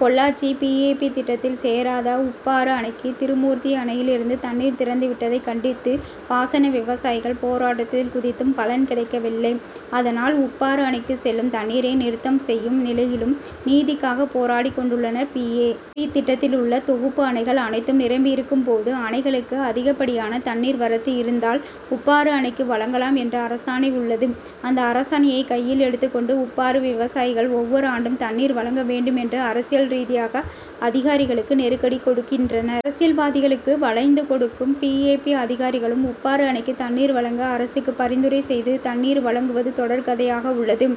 Pollachi P. A. P., திட்டத்தில் சேராத உப்பாறு அணைக்கு திருமூர்த்தி அணையில் இருந்து தண்ணீர் திறந்து விட்டதை கண்டித்து பாசன விவசாயிகள் போராட்டத்தில் குதித்தும் பலன் கிடைக்கவில்லை. அதனால், உப்பாறு அணைக்கு செல்லும் தண்ணீரை நிறுத்தம் செய்யும் நிலையிலும் நீதிக்காக போராடிக்கொண்டுள்ளனர். பி. ஏ. பி., திட்டத்திலுள்ள தொகுப்பு அணைகள் அனைத்தும் நிரம்பியிருக்கும் போது, அணைகளுக்கு அதிகப்படியான தண்ணீர் வரத்து இருந்தால் உப்பாறு அணைக்கு வழங்கலாம் என்று அரசாணை உள்ளது. அந்த அரசாணையை கையில் எடுத்துக்கொண்டு உப்பாறு விவசாயிகள் ஒவ்வொரு ஆண்டும் தண்ணீர் வழங்க வேண்டும் என்று அரசியல் ரீதியாக அதிகாரிகளுக்கு நெருக்கடி கொடுக்கின்றனர். அரசியல்வாதிகளுக்கு வளைந்து கொடுக்கும் பி. ஏ. பி., அதிகாரிகளும் உப்பாறு அணைக்கு தண்ணீர் வழங்க அரசுக்கு பரிந்துரை செய்து, தண்ணீர் வழங்குவது தொடர்கதையாக உள்ளது.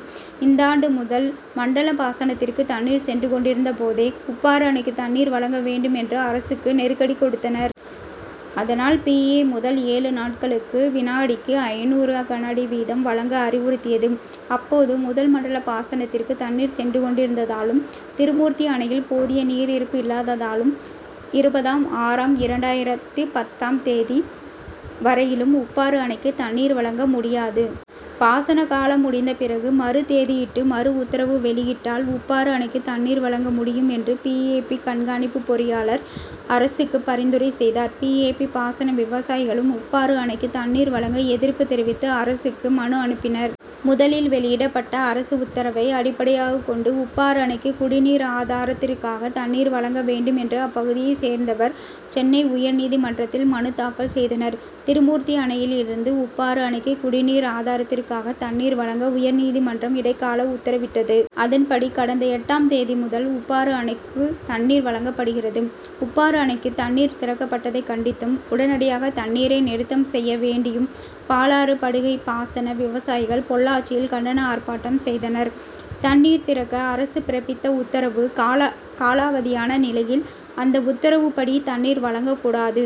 இந்தாண்டு முதல் மண்டல பாசனத்திற்கு தண்ணீர் சென்று கொண்டிருந்த போதே உப்பாறு அணைக்கு தண்ணீர் வழங்க வேண்டும் என்று அரசுக்கு நெருக்கடி கொடுத்தனர். அதனால், பி. ஏ. முதல் ஏழு நாட்களுக்கு விநாடிக்கு ஐந்நூறு கனஅடி வீதம் வழங்க அறிவுறுத்தியது. அப்போது, முதல் மண்டல பாசனத் திற்கு தண்ணீர் சென்று கொண்டிருந்ததாலும், திருமூர்த்தி அணையில் போதிய நீர் இருப்பு இல்லாததாலும் இருபதாம் ஆறாம் இரண்டாயிரத்து பத்தாம் தேதி வரையிலும் உப்பாறு அணைக்கு தண்ணீர் வழங்க முடியாது. பாசன காலம் முடிந்த பிறகு மறுதேதியிட்டு மறுஉத்தரவு வெளியிட்டால் உப்பாறு அணைக்கு தண்ணீர் வழங்க முடியும் என்று பி. ஏ. பி., கண்காணிப்பு பொறியாளர் அரசுக்கு பரிந்துரை செய்தார். பி. ஏ. பி., பாசன விவசாயிகளும் உப்பாறு அணைக்கு தண்ணீர் வழங்க எதிர்ப்பு தெரிவித்து அரசுக்கு மனு அனுப்பினர். முதலில் வெளியிடப்பட்ட அரசு உத்தரவை அடிப்படையாக கொண்டு, உப்பாறு அணைக்கு குடிநீர் ஆதாரத் திற்காக தண்ணீர் வழங்க வேண்டும் என்று அப்பகுதியை சேர்ந்தவர் சென்னை உயர்நீதிமன்றத்தில் மனு தாக்கல் செய்தனர். திருமூர்த்தி அணையில் இருந்து உப்பாறு அணைக்கு குடிநீர் ஆதாரத்திற்காக தண்ணீர் வழங்க உயர்நீதிமன்றம் இடைக்கால உத்தரவிட்டது. அதன்படி, கடந்த எட்டாம் தேதி முதல் உப்பாறு அணைக்கு தண்ணீர் வழங்கப்படுகிறது. உப்பாறு அணைக்கு தண்ணீர் திறக்கப் பட்டதை கண்டித்தும், உடனடியாக தண்ணீரை நிறுத்தம் செய்ய வேண்டியும் பாலாறு படுகை பாசன விவசாயிகள் பொள்ளாச்சியில் கண்டன ஆர்ப்பாட்டம் செய்தனர். தண்ணீர் திறக்க அரசு பிறப்பித்த உத்தரவு காலா காலாவதியான நிலையில் அந்த உத்தரவுப்படி தண்ணீர் வழங்க கூடாது.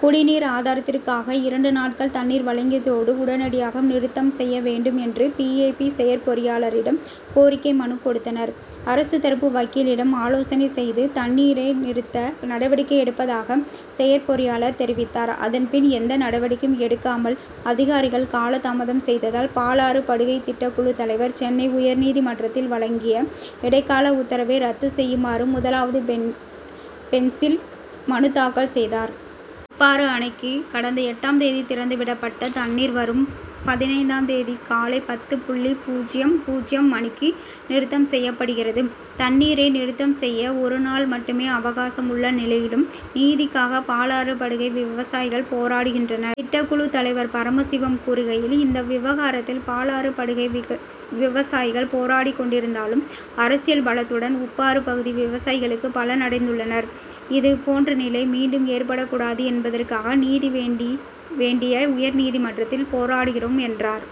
குடிநீர் ஆதாரத்திற்காக இரண்டு நாட்கள் தண்ணீர் வழங்கியதோடு உடனடியாக நிறுத்தம் செய்ய வேண்டும் என்று பி. ஏ. பி., செயற்பொறியாளரிடம் கோரிக்கை மனு கொடுத்தனர். அரசு தரப்பு வக்கீலிடம் ஆலோசனை செய்து தண்ணீரை நிறுத்த நடவடிக்கை எடுப்பதாக செயற்பொறியாளர் தெரிவித்தார். அதன்பின், எந்த நடவடிக்கையும் எடுக்காமல் அதிகாரிகள் காலதாமதம் செய்ததால், பாலாறு படுகை திட்டக்குழு தலைவர் சென்னை உயர்நீதிமன்றத்தில் வழங்கிய இடைக்கால உத்தரவை ரத்து செய்யுமாறு முதலாவது பெஞ்சில் மனுத்தாக்கல் செய்தார். உப்பாறு அணைக்கு கடந்த எட்டாம் தேதி திறந்து விடப்பட்ட தண்ணீர் வரும் பதினைந்தாம் தேதி காலை பத்து புள்ளி பூஜ்ஜியம் பூஜ்ஜியம் மணிக்கு நிறுத்தம் செய்யப்படுகிறது. தண்ணீரை நிறுத்தம் செய்ய ஒரு நாள் மட்டுமே அவகாசம் உள்ள நிலையிலும், நீதிக்காக பாலாறு படுகை விவசாயிகள் போராடுகின்றனர். திட்டக்குழு தலைவர் பரமசிவம் கூறுகையில், இந்த விவகாரத்தில் பாலாறு படுகை விவசாயிகள் போராடிக்கொண்டிருந்தாலும், அரசியல் பலத்துடன் உப்பாறு பகுதி விவசாயிகளுக்கு பலனடைந்துள்ளனர். இது போன்று நிலை மீண்டும் ஏற்படக்கூடாது என்பதற்காக நீதி வேண்டிய உயர்நீதிமன்றத்தில் போராடுகிறோம் என்றார்.